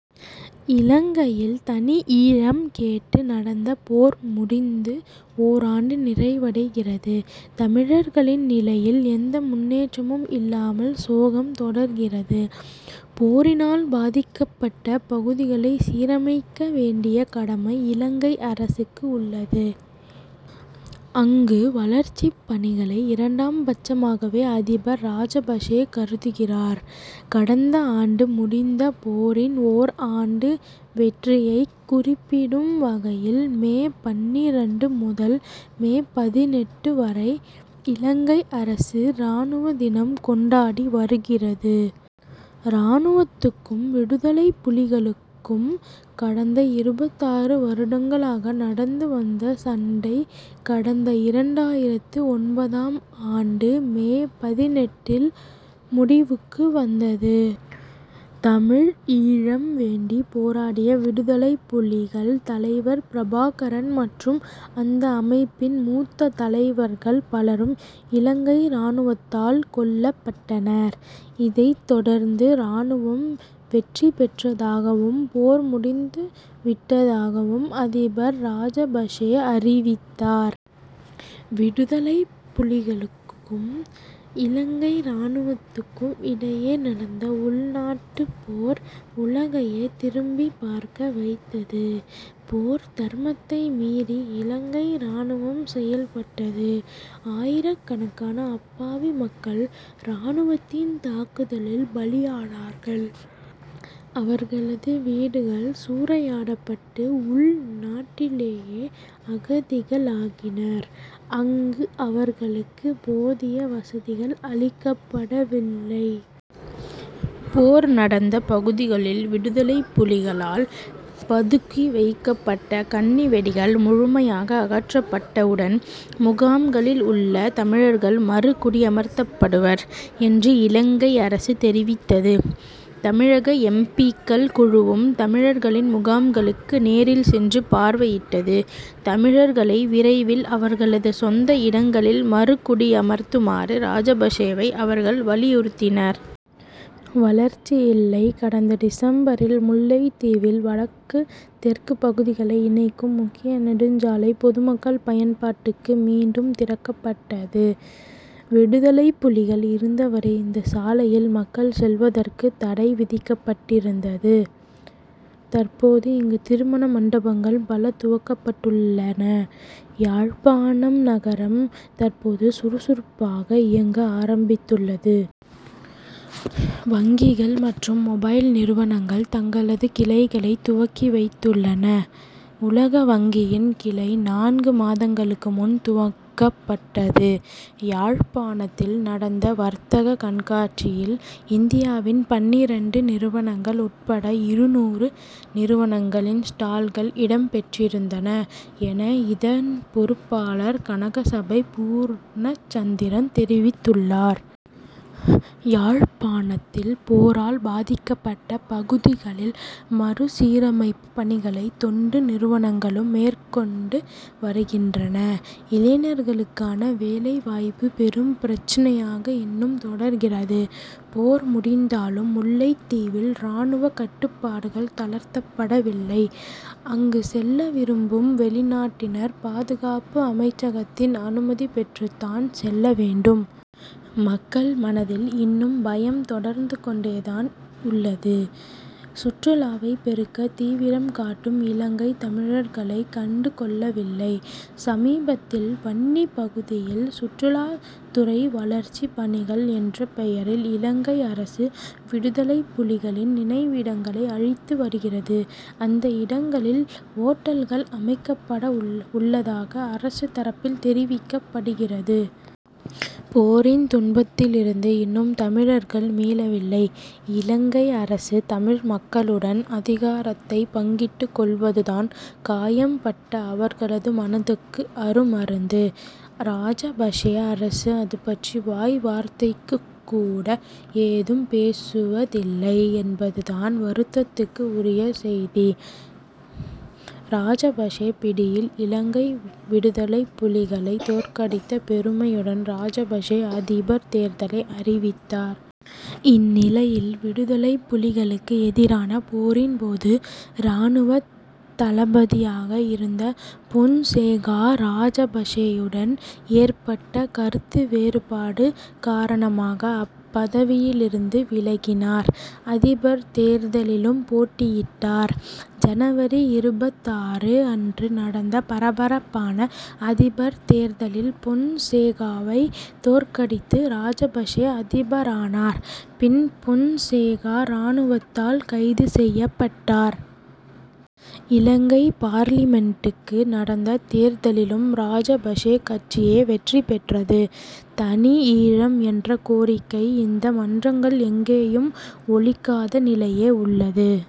இலங்கையில் தனிஈழம் கேட்டு நடந்த போர் முடிந்து ஓராண்டு நிறைவடைகிறது. தமிழர்களின் நிலையில் எந்த முன்னேற்றமும் இல்லாமல் சோகம் தொடர்கிறது. போரினால் பாதிக்கப்பட்ட பகுதிகளை சீரமைக்க வேண்டிய கடமை இலங்கை அரசுக்கு உள்ளது. அங்கு வளர்ச்சிப் பணிகளை இரண்டாம் பட்சமாகவே அதிபர் ராஜபக்ஷே கருதுகிறார். கடந்த ஆண்டு முடிந்த போரின் ஓர் ஆண்டு வெற்றியைக் குறிப்பிடும் வகையில் மே பன்னிரண்டு முதல் மே பதினெட்டு வரை இலங்கை அரசு ராணுவ தினம் கொண்டாடி வருகிறது. ராணுவத்துக்கும் விடுதலைப்புலிகளுக்கும் கடந்த இருபத்தாறு வருடங்களாக நடந்து வந்த சண்டை கடந்த இரண்டாயிரத்து ஒன்பதாம் ஆண்டு மே பதினெட்டில் முடிவுக்கு வந்தது. தமிழ் ஈழம் வேண்டி போராடிய விடுதலைப்புலிகள் தலைவர் பிரபாகரன் மற்றும் அந்த அமைப்பின் மூத்த தலைவர்கள் பலரும் இலங்கை ராணுவத்தால் கொல்லப்பட்டனர். இதைத் தொடர்ந்து ராணுவம் வெற்றி பெற்றதாகவும் போர் முடிந்து விட்டதாகவும் அதிபர் ராஜபக்ஷே அறிவித்தார். விடுதலைப்புலிகளுக்கும் இலங்கை ராணுவத்துக்கும் இடையே நடந்த உள்நாட்டு போர் உலகையே திரும்பி பார்க்க வைத்தது. போர் தர்மத்தை மீறி இலங்கை ராணுவம் செயல்பட்டது. ஆயிரக்கணக்கான அப்பாவி மக்கள் ராணுவத்தின் தாக்குதலில் பலியானார்கள். அவர்களது வீடுகள் சூறையாடப்பட்டு உள் நாட்டிலேயே அகதிகளாகினர். அங்கு அவர்களுக்கு போதிய வசதிகள் அளிக்கப்படவில்லை. போர் நடந்த பகுதிகளில் விடுதலைப்புலிகளால் பதுக்கி வைக்கப்பட்ட கண்ணிவெடிகள் முழுமையாக அகற்றப்பட்டவுடன் முகாம்களில் உள்ள தமிழர்கள் மறு குடியமர்த்தப்படுவர் என்று இலங்கை அரசு தெரிவித்தது. தமிழக எம். பி.க்கள் குழுவும் தமிழர்களின் முகாம்களுக்கு நேரில் சென்று பார்வையிட்டது. தமிழர்களை விரைவில் அவர்களது சொந்த இடங்களில் மறு குடியமர்த்துமாறு ராஜபக்ஷேவை அவர்கள் வலியுறுத்தினர். வளர்ச்சி இல்லை கடந்த டிசம்பரில் முல்லைத்தீவில் வடக்கு தெற்கு பகுதிகளை இணைக்கும் முக்கிய நெடுஞ்சாலை பொதுமக்கள் பயன்பாட்டுக்கு மீண்டும் திறக்கப்பட்டது. விடுதலைப்புலிகள் இருந்தவரை இந்த சாலையில் மக்கள் செல்வதற்கு தடை விதிக்கப்பட்டிருந்தது. தற்போது இங்கு திருமண மண்டபங்கள் பல துவக்கப்பட்டுள்ளன. யாழ்ப்பாணம் நகரம் தற்போது சுறுசுறுப்பாக இயங்க ஆரம்பித்துள்ளது. வங்கிகள் மற்றும் மொபைல் நிறுவனங்கள் தங்களது கிளைகளை துவக்கி உள்ளன. உலக வங்கியின் கிளை நான்கு மாதங்களுக்கு முன் துவக்கப்பட்டது. யாழ்ப்பாணத்தில் நடந்த வர்த்தக கண்காட்சியில் இந்தியாவின் பன்னிரண்டு நிறுவனங்கள் உட்பட இருநூறு நிறுவனங்களின் ஸ்டால்கள் இடம் பெற்றிருந்தன என இதன் பொறுப்பாளர் கனகசபை பூர்ணச்சந்திரன் தெரிவித்துள்ளார். யாழ்ப்பாணத்தில் போரால் பாதிக்கப்பட்ட பகுதிகளில் மறு சீரமைப்பு பணிகளை தொண்டு நிறுவனங்களும் மேற்கொண்டு வருகின்றன. இளைஞர்களுக்கான வேலைவாய்ப்பு பெரும் பிரச்னையாக இன்னும் தொடர்கிறது. போர் முடிந்தாலும் முல்லைத்தீவில் ராணுவ கட்டுப்பாடுகள் தளர்த்தப்படவில்லை. அங்கு செல்ல விரும்பும் வெளிநாட்டினர் பாதுகாப்பு அமைச்சகத்தின் அனுமதி பெற்றுத்தான் செல்ல வேண்டும். மக்கள் மனதில் இன்னும் பயம் தொடர்ந்து கொண்டே தான் உள்ளது. சுற்றுலாவை பெருக்க தீவிரம் காட்டும் இலங்கை தமிழர்களை கண்டுகொள்ளவில்லை. சமீபத்தில் வன்னி பகுதியில் சுற்றுலா துறை வளர்ச்சி பணிகள் என்ற பெயரில் இலங்கை அரசு விடுதலைப்புலிகளின் நினைவிடங்களை அழித்து வருகிறது. அந்த இடங்களில் ஓட்டல்கள் அமைக்கப்பட உள் உள்ளதாக அரசு தரப்பில் தெரிவிக்கப்படுகிறது. போரின் துன்பத்திலிருந்து இன்னும் தமிழர்கள் மீளவில்லை. இலங்கை அரசு தமிழ் மக்களுடன் அதிகாரத்தை பங்கிட்டு கொள்வதுதான் காயம் பட்ட அவர்களது மனதுக்கு அருமருந்து. ராஜபக்ஷே அரசு அதுபற்றி வாய்வார்த்தைக்குக் கூட ஏதும் பேசுவதில்லை என்பதுதான் வருத்தத்துக்கு உரிய செய்தி. ராஜபக்ஷே பிடியில் இலங்கை விடுதலைப்புலிகளை தோற்கடித்த பெருமையுடன் ராஜபக்ஷே அதிபர் தேர்தலை அறிவித்தார். இந்நிலையில் விடுதலைப்புலிகளுக்கு எதிரான போரின் போது ராணுவ தளபதியாக இருந்த பொன்சேகா ராஜபக்ஷேயுடன் ஏற்பட்ட கருத்துவேறுபாடு காரணமாக அப்பதவியிலிருந்து விலகினார். அதிபர் தேர்தலிலும் போட்டியிட்டார். ஜனவரி இருபத்தாறு அன்று நடந்த பரபரப்பான அதிபர் தேர்தலில் பொன்சேகாவை தோற்கடித்து ராஜபக்ஷே அதிபரானார். பின் பொன்சேகா ராணுவத்தால் கைது செய்யப்பட்டார். இலங்கை பார்லிமென்டுக்கு நடந்த தேர்தலிலும் ராஜபக்ஷே கட்சியே வெற்றி பெற்றது. தனி ஈழம் என்ற கோரிக்கை இந்த மன்றங்கள் எங்கேயும் ஒலிக்காத நிலையே உள்ளது.